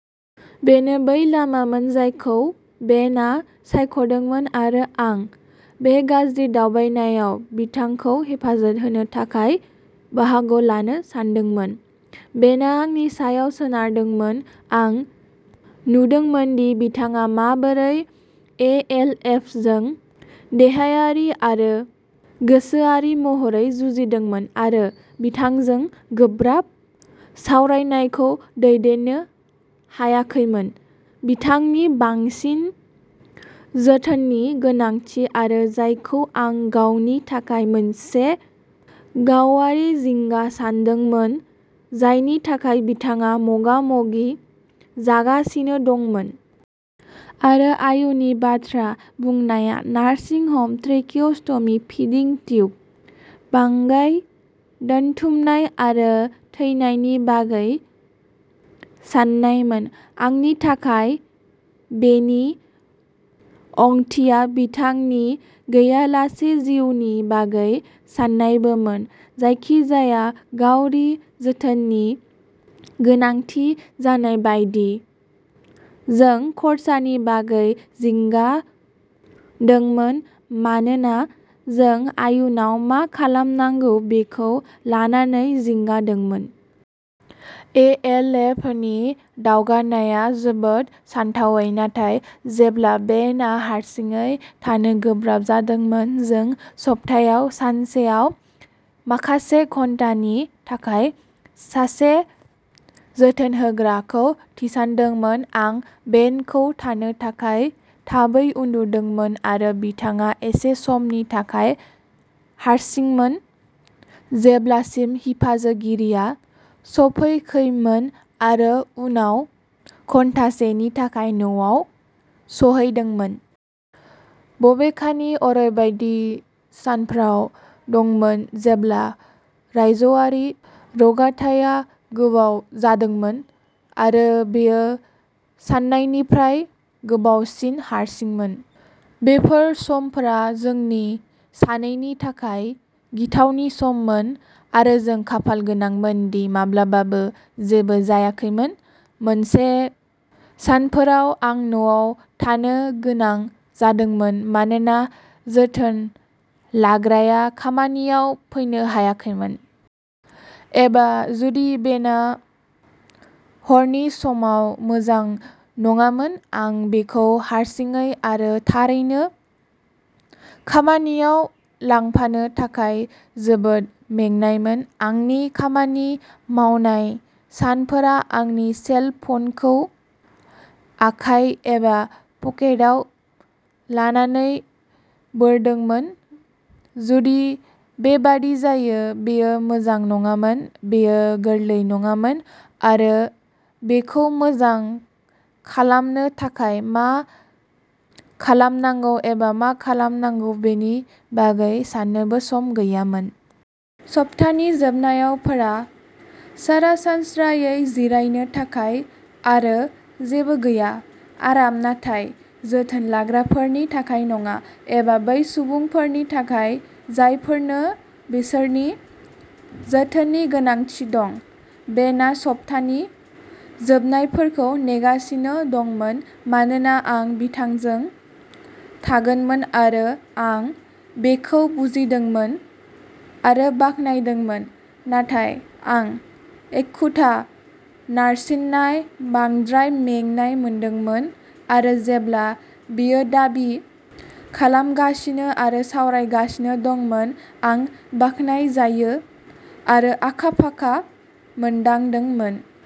बेनो बै लामामोन जायखौ बेनआ सायख'दोंमोन आरो आं। बे गाज्रि दावबायनायाव बिथांखौ हेफाजाब होनो थाखाय बाहागो लानो सायख'दोंमोन। बेनआ आंनि सायाव सोनारदोंमोन। आं नुदोंमोनदि बिथाङा माबोरै ए. एल. एस. जों देहायारि आरो गोसोआरि महरै जुजिदोंमोन आरो बिथांजों गोब्राब सावरायनायखौ दैदेननो हायाखैमोन, बिथांनि बांसिन जोथोननि गोनांथि आरो जायखौ आं गावनि थाखाय मोनसे गावआरि जिंगा सान्दोंमोन, जायनि थाखाय बिथाङा मोगा-मोगि जागासिनो दंमोन। आरो, आयुननि बाथ्रा बुंनाया nursing home, tracheostomy, feeding tube, बाङाइ दोनथुमनाय आरो थैनायनि बागै सान्नायमोन। आंनि थाखाय, बेनि ओंथिया बिथांनि गैयालासे जिउनि बागै सान्नायबोमोन। जायखिजाया गावारि जोथोननि गोनांथि जानाय बायदि, जों खरसानि बागै जिंगा दंमोन मानोना जों आयुनाव मा खालामनांगौ बेखौ लानानै जिंगा दंमोन। ए. एल. एफ. नि दावगानायआ जोबोद सानथावै। नाथाय, जेब्ला बेनआ हारसिङै थानो गोब्राब जादोंमोन, जों सप्तायाव सानसेयाव माखासे घन्टानि थाखाय सासे जोथोनहोग्राखौ थिसानदोंमोन। आं बेनखौ थानो थाखाय थाबै उन्दुदोंमोन आरो बिथाङा एसे समनि थाखाय हारसिंमोन जेब्लासिम हिफाजाबगिरिया स'फैखैमोन आरो उनाव घन्टासेनि थाखाय न'आव सौहैदोंमोन। बबेखानि, अरैबायदि सानफ्राव दंमोन जेब्ला रायजोआरि रोगाथाइआ गोबाव जादोंमोन आरो बियो सान्नायनिफ्राय गोबावसिन हारसिंमोन। बबेफोर समफोरा जोंनि सानैनि थाखाय गिथावनि सममोन, आरो जों खाफालगोनांमोन दि माब्लाबाबो जेबो जायाखैमोन। मोनसे सानफोराव आं न'आव थानो गोनां जादोंमोन मानोना जोथोन लाग्राया खामानियाव फैनो हायाखैमोन। एबा, जुदि बेनआ हरनि समाव मोजां नङामोन, आं बिखौ हारसिङै आरो थारैनो, खामानियाव लांफानो थाखाय जोबोद मेंनायमोन। आंनि खामानि मावनाय सानफोरा आंनि सेल फ'नखौ आखाइ एबा पकेटआव लानानै बारदोंमोन, जुदि बेबादि जायो। बेयो मोजां नङामोन, बेयो गोरलै नङामोन, आरो बेखौ मोजां खालामनो थाखाय मा खालामनांगौ एबा मा खालामनांगौ बेनि बागै साननोबो सम गैयामोन। सप्तानि जोबनायावफोरा सरासनस्रायै जिरायनो थाखाय आरो जेबो जाया। आराम, नाथाय जोथोन लाग्राफोरनि थाखाय नङा, एबा बै सुबुंफोरनि थाखाय जायफोरनो बिसोरनि जोथोननि गोनांथि दं। बेनआ सप्तानि जोबनायफोरखौ नेगासिनो दंमोन मानोना आं बिथांजों थागोनमोन, आरो आं बेखौ बुजिदोंमोन आरो बाख्नायदोंमोन, नाथाय आं एखुथा, नारसिननाय, बांद्राय मेंनाय मोनदोंमोन, आरो जेब्ला बियो दाबि खालामगासिनो आरो सावरायगासिनो दंमोन, आं बाखनायजायो आरो आखा-फाखा मोनदांदोंमोन।